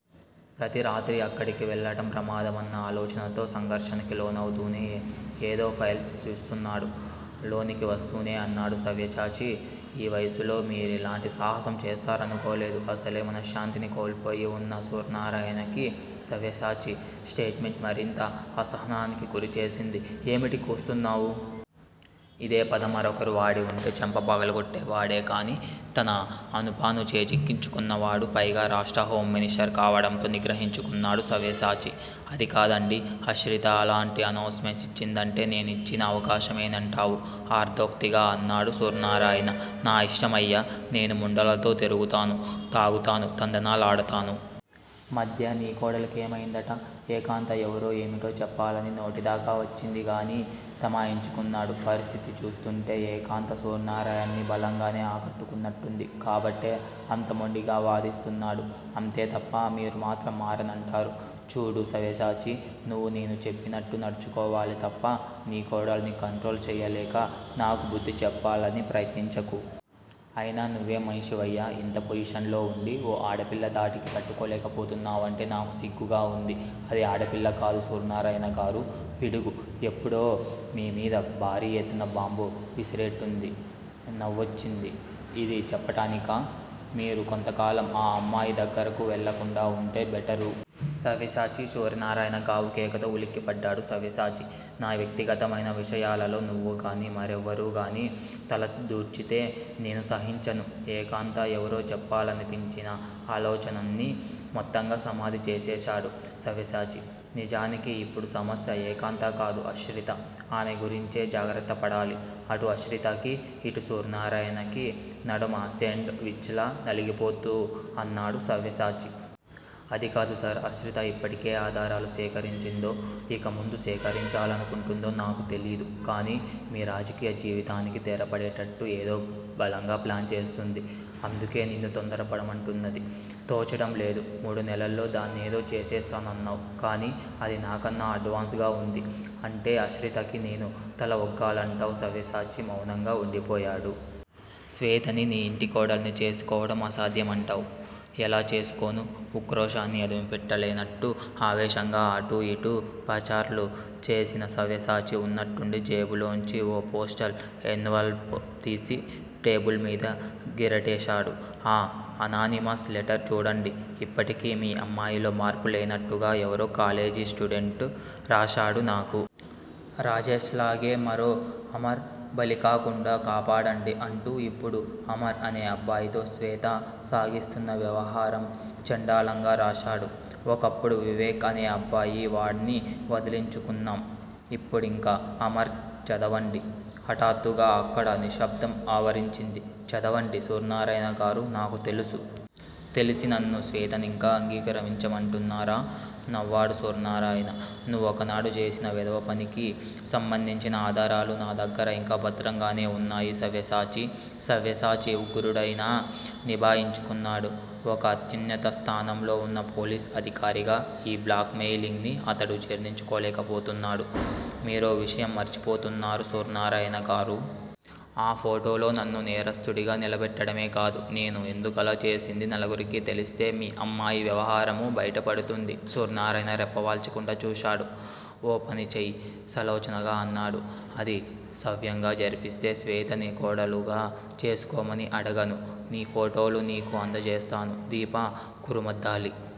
ప్రతి రాత్రీ అక్కడికి వెళ్ళడం ప్రమాదమన్న ఆలోచనతో సంఘర్షణకి లోనవుతూనే ఏదో ఫైల్స్ చూస్తున్నాడు. లోనికి వస్తూనే అన్నాడు సవ్యసాచి ఈ వయసులో మీరిలాంటి సాహసం చేస్తారనుకోలేదు. అసలే మనశ్శాంతిని కోల్పోయి వున్న సూర్నారాయణకి సవ్యసాచి స్టేట్ మెంట్ మరింత అసహనానికి గురిచేసింది. ఏమిటి కూస్తున్నావు? ఇదే పదం మరొకరు వాడి వుంటే చెంప పగలగొట్టేవాడే కాని తన అనూపానూ చేజిక్కించుకున్న వాడు, పైగా రాష్ట్ర హోం మినిస్టర్ కావడంతో నిగ్రహించుకున్నాడు సవ్యసాచి. అది కాదండీ ఆశ్రిత అలాంటి అనౌన్స్ మెంటిచ్చిందంటే నేనిచ్చిన అవకాశమేనంటావు అర్దోక్తిగా అన్నాడు సూర్నారాయణ. నా యిష్టమయ్యా నేను ముండలతో తిరుగుతాను, తాగుతాను, తందనాలాడతాను. మధ్య నీకోడలికేమయిందటా? ఏకాంత ఎవరో ఏమిటో చెప్పాలని నోటిదాకా వచ్చింది గాని తమాయించుకున్నాడు. పరిస్థితి చూస్తుంటే ఏకాంత సూర్నారాయణ్ని బలంగానే ఆకట్టుకున్నట్టుంది. కాబట్టే అంత మొండిగా వాదిస్తున్నాడు. అంతే తప్ప మీరు మాత్రం మారనంటారు. చూడు సవ్యసాచీ నువ్వు నేను చెప్పినట్టు నడుచుకోవాలి తప్ప నీకోడల్ని కంట్రోల్ చేయలేక నాకు బుద్ది చెప్పాలని ప్రయత్నించకు. అయినా నువ్వేం మనిషివయ్యా! ఇంత పొజిషన్ లో వుండి ఓ ఆడపిల్లధాటికి తట్టుకోలేకపోతున్నావంటే నాకు సిగ్గుగా వుంది అది ఆడపిల్ల కాదు సూర్నారాయణగారూ! పిడుగు ఎప్పుడో మీ మీద భారీ యెత్తున బాంబు విసిరేట్టుంది. నవ్వొచ్చింది యిది చెప్పటానికా? మీరు కొంతకాలం ఆ అమ్మాయి దగ్గరకు వెళ్ళకుండా వుంటే బెటరు. సవ్యసాచీ! సూర్నారాయణ గావుకేకతో ఉలిక్కిపడ్డాడు సవ్యసాచి. నా వ్యక్తిగతమైన విషయాలలో నువ్వుగాని, మరెవ్వరుగానీ తలదూర్చితే నేను సహించను. ఏకాంత ఎవరో చెప్పాలనిపించిన ఆలోచన్ని మొత్తంగా సమాధిచేసేశాడు సవ్యసాచి. నిజానికి ఇప్పుడు సమస్య ఏకాంతకాదు ఆశ్రిత. ఆమె గురించే జాగ్రత్తపడాలి. అటు ఆశ్రితకీ, ఇటు సూర్నారాయణకీ నడుమ సేండ్ విచ్ లా నలిగిపోతూ అన్నాడు సవ్యసాచి. అదికాదు సర్! ఆశ్రిత ఇప్పటికే ఆధారాలు సేకరించిందో, ఇక ముందు సేకరించాలనుకుంటుందో నాకు తెలీదు కాని మీ రాజకీయ జీవితానికి తెరపడేటట్టు ఏదో బలంగా ప్లాన్ చేస్తుంది. అందుకే నిన్ను తొందరపడమంటున్నది. తోచడం లేదు. మూడు నెలల్లో దాన్నేదో చేసేస్తానన్నావ్? కాని అది నాకన్నా అడ్వాన్స్ డ్ గా వుంది అంటే ఆశ్రితకి నేను తల ఒగ్గాలంటావ్ సవ్యసాచి మౌనంగా వుండిపోయాడు. శ్వేతని నీ ఇంటి కోడల్ని చేసుకోవడం అసాధ్యమంటావ్? ఎలా చేసుకోను? ఉక్రోషాన్ని అదిమిపెట్టలేనట్టు ఆవేశంగా అటూ యిటూ పచార్లు చేసిన సవ్యసాచి వున్నట్టుండీ జేబులో నుంచి ఓ పోస్టల్ ఎన్వలప్ తీసి టేబుల్ మీద గిరాటేశాడు. ఆ అనానిమస్ లెటర్ చూడండి. ఇప్పటికీ మీ అమ్మాయిలో మార్పు లేనట్టుగా ఎవరో కాలేజీస్టూడెంట్ రాశాడు నాకు. రాజేష్ లాగే మరో 'అమర్' బలికాకుండా కాపాడండీ అంటూ ఇప్పుడు అమర్ అనే అబ్బాయితో శ్వేత సాగిస్తున్న వ్యవహారం చెండాలంగా రాశాడు. ఒకప్పుడు వివేక్ అనే అబ్బాయి వాడ్ని వదిలించుకున్నాం. ఇప్పుడింక అమర్ చదవండి. హఠాత్తుగా అక్కడ నిశ్శబ్దం ఆవరించింది. చదవండి సూర్నారాయణగారూ! నాకు తెలుసు. తెలిసీ నన్ను శ్వేతనింకా అంగీకరించమంటున్నారా? నవ్వాడు సూర్నారాయణ నువ్వొకనాడు చేసిన వెధవ పనికి సంబంధించిన ఆధారాలు నా దగ్గర ఇంకా భద్రంగానే వున్నాయి సవ్యసాచీ! సవ్యసాచి ఉగ్రుడైనా నిభాయించుకున్నాడు. ఒక అత్యున్నత స్థానంలో వున్న పోలీస్ అధికారిగా ఈ బ్లాక్ మెయిలింగ్ ని అతడు జీర్ణించుకోలేకపోతున్నాడు మీరో విషయం మరిచిపోతున్నారు సూర్నారాయణ గారూ! ఆ ఫోటోలు నన్ను నేరస్థుడిగా నిలబెట్టడమే కాదు, నేను ఎందుకలా చేసిందీ నలుగురికీ తెలిస్తే మీ అమ్మాయి వ్యవహారమూ బయట పడుతుంది సూర్నారాయణ రెప్పవాల్చకుండా చూశాడు. ఓ పని చెయ్ సలోచనగా అన్నాడు. అది సవ్యంగా జరిపిస్తే శ్వేతని కోడలుగా చేసుకోమని అడగను. నీ ఫోటోలు నీకు అందజేస్తాను. దీప కురుమద్దాలి